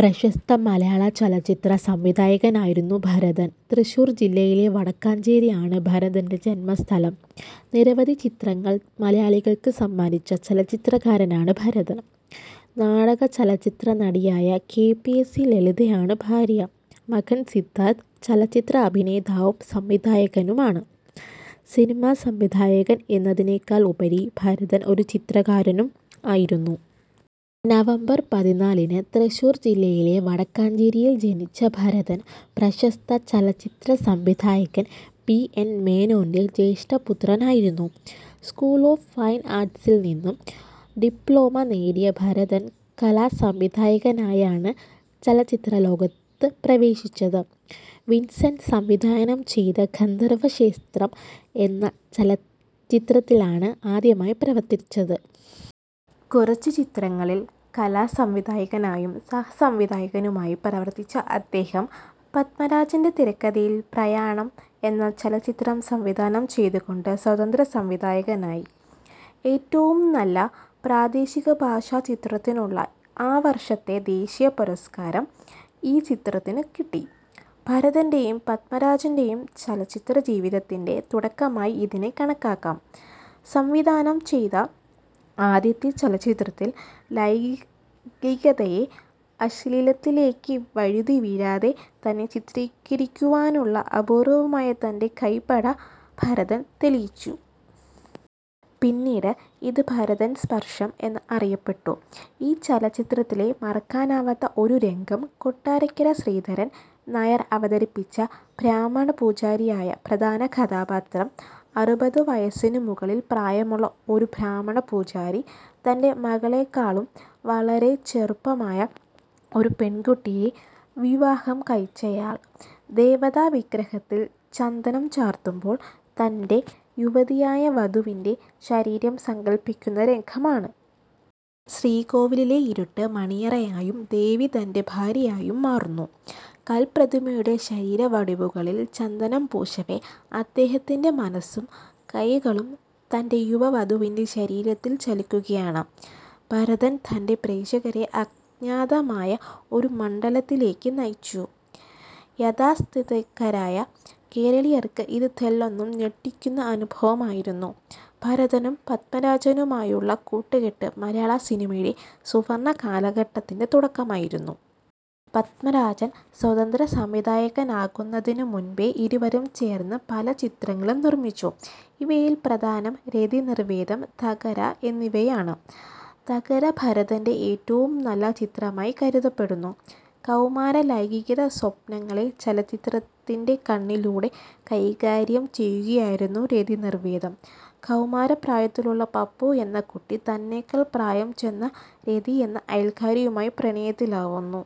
പ്രശസ്ത മലയാള ചലച്ചിത്ര സംവിധായകനായിരുന്നു ഭരതൻ. തൃശ്ശൂർ ജില്ലയിലെ വടക്കാഞ്ചേരി ആണ് ഭരതൻ്റെ ജന്മസ്ഥലം. നിരവധി ച്ചിത്രങ്ങൾ മലയാളികൾക്ക് സമ്മാനിച്ച ചലച്ചിത്രകാരനാണ് ഭരതൻ. നാടക ചലച്ചിത്രനടിയായ K. P. A. C. Lalitha ആണ് ഭാര്യ. മകൻ സിദ്ധാർഥ് ചലച്ചിത്ര അഭിനേതാവും സംവിധായകനുമാണ്. സിനിമ സംവിധായകൻ എന്നതിനെക്കാൾ ഉപരി ഭരതൻ ഒരു ചിത്രകരനും ആയിരുന്നു. നവംബർ പതിനാലിന് തൃശ്ശൂർ ജില്ലയിലെ വടക്കാഞ്ചേരിയിൽ ജനിച്ച ഭരതൻ പ്രശസ്ത ചലച്ചിത്രസംവിധായകൻ പി. എൻ. മേനോൻ്റെ ജ്യേഷ്ഠപുത്രനായിരുന്നു. സ്കൂൾ ഓഫ് ഫൈൻ ആർട്ട്സിൽ നിന്നും ഡിപ്ലോമ നേടിയ ഭരതൻ കലാസംവിധായകനായാണ് ചലച്ചിത്രലോകത്ത് പ്രവേശിച്ചത്. വിൻസെൻ്റ് സംവിധാനം ചെയ്ത ഗന്ധർവ ക്ഷേത്രം എന്ന ചലച്ചിത്രത്തിലാണ് ആദ്യമായി പ്രവർത്തിച്ചത്. കുറച്ചു ചിത്രങ്ങളിൽ കലാസംവിധായകനായും സഹസംവിധായകനായും പ്രവർത്തിച്ച അദ്ദേഹം, പത്മരാജൻ്റെ തിരക്കഥയിൽ പ്രയാണം എന്ന ചലച്ചിത്രം സംവിധാനം ചെയ്തുകൊണ്ട് സ്വതന്ത്രസംവിധായകനായി. ഏറ്റവും നല്ല പ്രാദേശികഭാഷാചിത്രത്തിനുള്ള ആ വർഷത്തെ ദേശീയപുരസ്കാരം ഈ ചിത്രത്തിനു കിട്ടി. ഭരതൻ്റേയും പത്മരാജൻ്റേയും ചലച്ചിത്രജീവിതത്തിൻ്റെ തുടക്കമായി ഇതിനെ കണക്കാക്കാം. സംവിധാനം ചെയ്ത ആദ്യത്തെ ചലച്ചിത്രത്തിൽ ലൈംഗികതയെ അശ്ലീലത്തിലേക്ക് വഴുതിവീഴാതെ തന്നെ ചിത്രീകരിക്കുവാനുള്ള അപൂർവ്വമായ തൻ്റെ കൈപ്പട ഭരതൻ തെളിയിച്ചു. പിന്നീട് ഇത് ഭരതൻ സ്പർശം എന്ന് അറിയപ്പെട്ടു. ഈ ചലച്ചിത്രത്തിലെ മറക്കാനാവാത്ത ഒരു രംഗം കൊട്ടാരക്കര ശ്രീധരൻ നായർ അവതരിപ്പിച്ച ബ്രാഹ്മണപൂജാരിയായ പ്രധാന കഥാപാത്രം അറുപത് വയസ്സിനു മുകളിൽ പ്രായമുള്ള ഒരു ബ്രാഹ്മണ പൂജാരി, തൻ്റെ മകളെക്കാളും വളരെ ചെറുപ്പമായ ഒരു പെൺകുട്ടിയെ വിവാഹം കഴിച്ചയാൾ, ദേവതാ വിഗ്രഹത്തിൽ ചന്ദനം ചാർത്തുമ്പോൾ തൻ്റെ യുവതിയായ വധുവിൻ്റെ ശരീരം സങ്കൽപ്പിക്കുന്ന രംഗമാണ്. ശ്രീകോവിലിലെ ഇരുട്ട് മണിയറയായും ദേവി തൻ്റെ ഭാര്യയായും മാറുന്നു. കൽപ്രതിമയുടെ ശരീരവടിവുകളിൽ ചന്ദനം പൂശവേ അദ്ദേഹത്തിൻ്റെ മനസ്സും കൈകളും തൻ്റെ യുവ വധുവിൻ്റെ ശരീരത്തിൽ ചലിക്കുകയാണ്. ഭരതൻ തൻ്റെ പ്രേക്ഷകരെ അജ്ഞാതമായ ഒരു മണ്ഡലത്തിലേക്കു നയിച്ചു. യാഥാസ്ഥിതികരായ കേരളീയർക്ക് ഇത് തെല്ലൊന്നു ഞെട്ടിക്കുന്ന അനുഭവമായിരുന്നു. ഭരതനും പത്മരാജനുമായുള്ള കൂട്ടുകെട്ട് മലയാള സിനിമയുടെ സുവർണ്ണ കാലഘട്ടത്തിൻ്റെ തുടക്കമായിരുന്നു. പത്മരാജൻ സ്വതന്ത്ര സംവിധായകനാകുന്നതിനു മുൻപേ ഇരുവരും ചേർന്ന് പല ചിത്രങ്ങളും നിർമ്മിച്ചു. ഇവയിൽ പ്രധാനം രതിനിർവ്വേദം, തകര എന്നിവയാണ്. തകര ഭരതൻ്റെ ഏറ്റവും നല്ല ചിത്രമായി കരുതപ്പെടുന്നു. കൗമാര ലൈംഗിക സ്വപ്നങ്ങളെ ചലച്ചിത്രത്തിൻ്റെ കണ്ണിലൂടെ കൈകാര്യം ചെയ്യുകയായിരുന്നു രതിനിർവ്വേദം. കൗമാര പ്രായത്തിലുള്ള പപ്പു എന്ന കുട്ടി തന്നെക്കാൾ പ്രായം ചെന്ന രതി എന്ന അയൽക്കാരിയുമായി പ്രണയത്തിലാവുന്നു.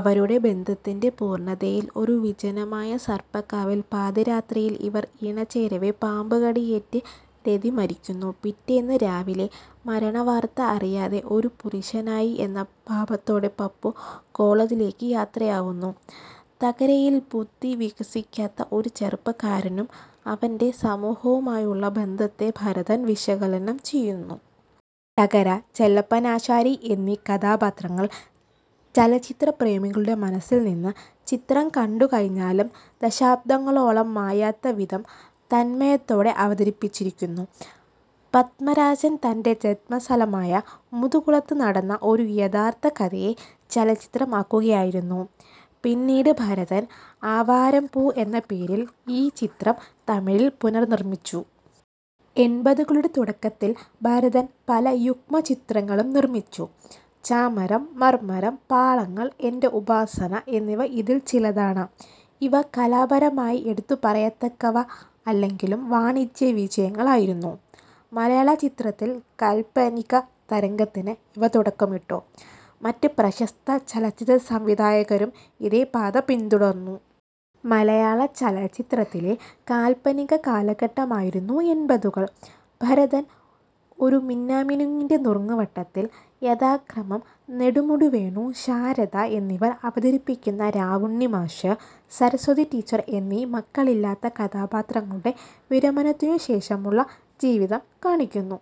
അവരുടെ ബന്ധത്തിൻ്റെ പൂർണ്ണതയിൽ ഒരു വിജനമായ സർപ്പക്കാവിൽ പാതിരാത്രിയിൽ ഇവർ ഇണചേരവേ പാമ്പുകടിയേറ്റ് രതി മരിക്കുന്നു. പിറ്റേന്ന് രാവിലെ മരണ വാർത്ത അറിയാതെ, ഒരു പുരുഷൻ ആയി എന്ന ഭാവത്തോടെ പപ്പു കോളേജിലേക്ക് യാത്രയാവുന്നു. തകരയിൽ ബുദ്ധി വികസിക്കാത്ത ഒരു ചെറുപ്പക്കാരനും അവൻ്റെ സമൂഹവുമായുള്ള ബന്ധത്തെ ഭരതൻ വിശകലനം ചെയ്യുന്നു. തകര, ചെല്ലപ്പനാശാരി എന്നീ കഥാപാത്രങ്ങൾ ചലച്ചിത്രപ്രേമികളുടെ മനസ്സിൽ നിന്ന് ചിത്രം കണ്ടു കഴിഞ്ഞാലും ദശാബ്ദങ്ങളോളം മായാത്ത വിധം തന്മയത്തോടെ അവതരിപ്പിച്ചിരിക്കുന്നു. പത്മരാജൻ തൻ്റെ ജന്മസ്ഥലമായ മുതുകുളത്ത് നടന്ന ഒരു യഥാർത്ഥ കഥയെ ചലച്ചിത്രം ആക്കുകയായിരുന്നു. പിന്നീട് ഭരതൻ ആവാരം പൂ എന്ന പേരിൽ ഈ ചിത്രം തമിഴിൽ പുനർനിർമ്മിച്ചു. എൺപതുകളുടെ തുടക്കത്തിൽ ഭരതൻ പല യുഗ്മ ചലച്ചിത്രങ്ങളും നിർമ്മിച്ചു. 'ചാമരം, മർമ്മരം, പാളങ്ങൾ, എൻ്റെ ഉപാസന' എന്നിവ ഇതിൽ ചിലതാണ്. ഇവ കലാപരമായി എടുത്തുപറയത്തക്കവ അല്ലെങ്കിലും വാണിജ്യ വിജയങ്ങൾ ആയിരുന്നു. മലയാള ച്ചിത്രത്തിൽ കാല്പനിക തരംഗത്തിന് ഇവ തുടക്കമിട്ടു. മറ്റ് പ്രശസ്ത ചലച്ചിത്രസംവിധായകരും ഇതേ പാത പിന്തുടർന്നു. മലയാളചലച്ചിത്രത്തിലെ കാല്പനിക കാലഘട്ടമായിരുന്നു എൺപതുകൾ. ഭരതൻ, ഒരു മിന്നാമിനുങ്ങിൻ്റെ നുറുങ്ങുവെട്ടത്തിൽ, യഥാക്രമം നെടുമുടി വേണു ശാരദ എന്നിവർ അവതരിപ്പിക്കുന്ന രാവുണ്ണിമാഷ്, സരസ്വതി ടീച്ചർ എന്നീ മക്കളില്ലാത്ത കഥാപാത്രങ്ങളുടെ, വിരമനത്തിനു ശേഷമുള്ള ജീവിതം കാണിക്കുന്നു.